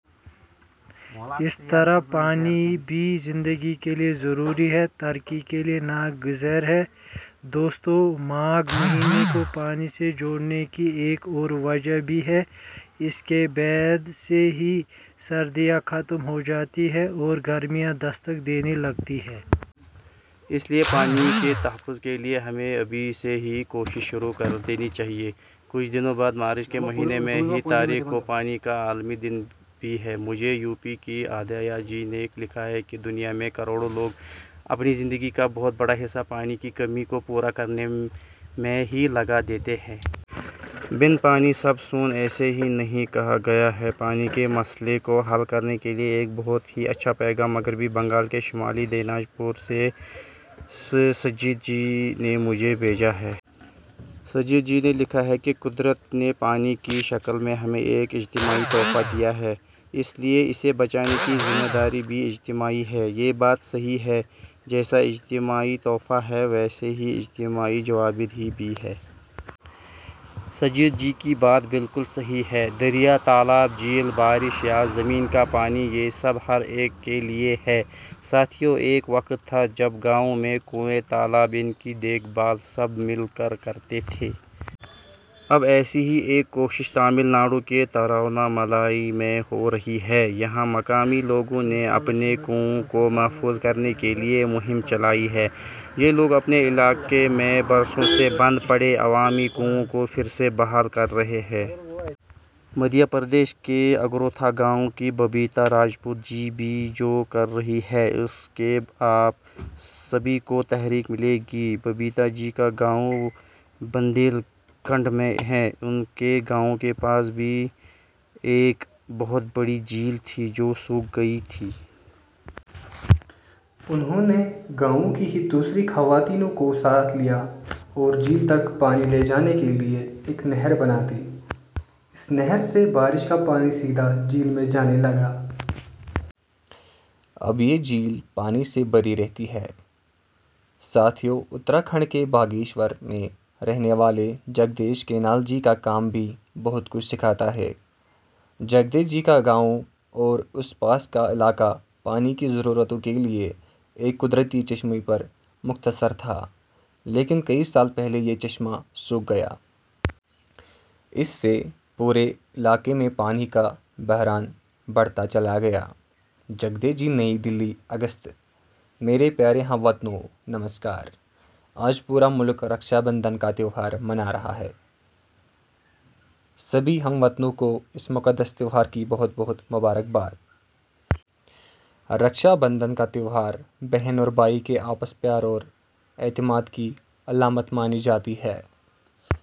اسی طرح پانی بھی زندگی کے لئے ضروری ہے ، ترقی کے لئے نا گزیر ہے۔ دوستو ، ماگھ مہینے کو پانی سے جوڑنے کی ایک اور وجہ بھی ہے۔ اس کے بعد سے ہی سردیاں ختم ہو جاتی ہیں اور گرمیاں دستک دینے لگتی ہیں۔ اس لئے پانی کے تحفظ کے لئے ہمیں ابھی سے ہی کوششیں شروع کر دینی چاہئیں۔ کچھ دنوں بعد مارچ کے مہینے میں ہی تاریخ کو پانی کا عالمی دن بھی ہے۔ مجھے یو پی کی آرادھیا جی نے لکھا ہے کہ دنیا میں کروڑوں لوگ اپنی زندگی کا بہت بڑا حصہ پانی کی کمی کو پورا کرنے میں ہی لگا دیتے ہیں۔ 'بن پانی سب سون ' ایسے ہی نہیں کہا گیا ہے۔ پانی کے مسئلے کو حل کرنے کے لئے ایک بہت ہی اچھا پیغام مغربی بنگال کے شمالی دیناج پور سے سجیت جی نے مجھے بھیجا ہے۔ سجیت جی نے لکھا ہے کہ قدرت نے پانی کی شکل میں ہمیں ایک اجتماعی تحفہ دیا ہے۔ اس لئے اِسے بچانے کی ذمہ داری بھی اجتماعی ہے۔ یہ بات صحیح ہے ، جیسا اجتماعی تحفہ ہے ، ویسے ہی اجتماعی جوابدہی بھی ہے۔ سجیت جی کی بات بالکل صحیح ہے۔ دریا ، تالاب ، جھیل ، بارش یا زمین کا پانی یہ سب ہر ایک کے لئے ہیں۔ ساتھیو ، ایک وقت تھا ، جب گاؤں میں کنویں ، تالاب ، اِن کی دیکھ بھال سب مل کر کرتے تھے۔ اب ایسی ہی ایک کوشش تمل ناڈو کے ترووناّ ملائی میں ہو رہی ہے۔ یہاں مقامی لوگوں نے اپنے کنووں کو محفوظ کرنے کے لئے مہم چلائی ہے۔ یہ لوگ اپنے علاقے میں برسوں سے بند پڑے عوامی کنووں کو پھر سے بحال کر رہے ہیں۔ مدھیہ پردیش کے اگروتھا گاؤں کی ببیتا راجپوت جی بھی ، جو کر رہی ہیں ، اُس سے آپ سبھی کو تحریک ملے گی۔ ببیتا جی کا گاؤں بندیل کھنڈ میں ہے۔ اُن کے گاؤں کے پاس کبھی ایک بہت بڑی جھیل تھی ، جو سوکھ گئی تھی۔ انہوں نے گاؤں کی ہی دوسری خواتین کو ساتھ لیا اور جھیل تک پانی لے جانے کے لئے ایک نہر بنا دی۔ اس نہر سے بارش کا پانی سیدھے جھیل میں جانے لگا۔ اب یہ جھیل پانی سے بھری رہتی ہے۔ ساتھیو ، اترا کھنڈ کے باگیشور میں رہنے والے جگدیش کنیال جی کا کام بھی بہت کچھ سکھاتا ہے۔ جگدیش جی کا گاؤں اور آس پاس کا علاقہ پانی کی ضرورتوں کے لئے ایک قدرتی چشمہ پر منحصر تھا لیکن کئی سال پہلے یہ چشمہ سوکھ گیا۔ اس سے پورے علاقے میں پانی کا بحران بڑھتا چلا گیا۔ جگدیش جی. نئی دہلی۔ اگست میرے پیارے ہم وطنوں! نمسکار۔ آج پورا ملک رکشا بندھن کا تہوار منا رہا ہے۔ سبھی ہم وطنوں کو اس مقدس تہوار کی بہت بہت مبارکباد۔ رکشا بندھن کا تہوار بہن اور بھائی کے آپسی پیار اور اعتماد کی علامت مانی جاتی ہے۔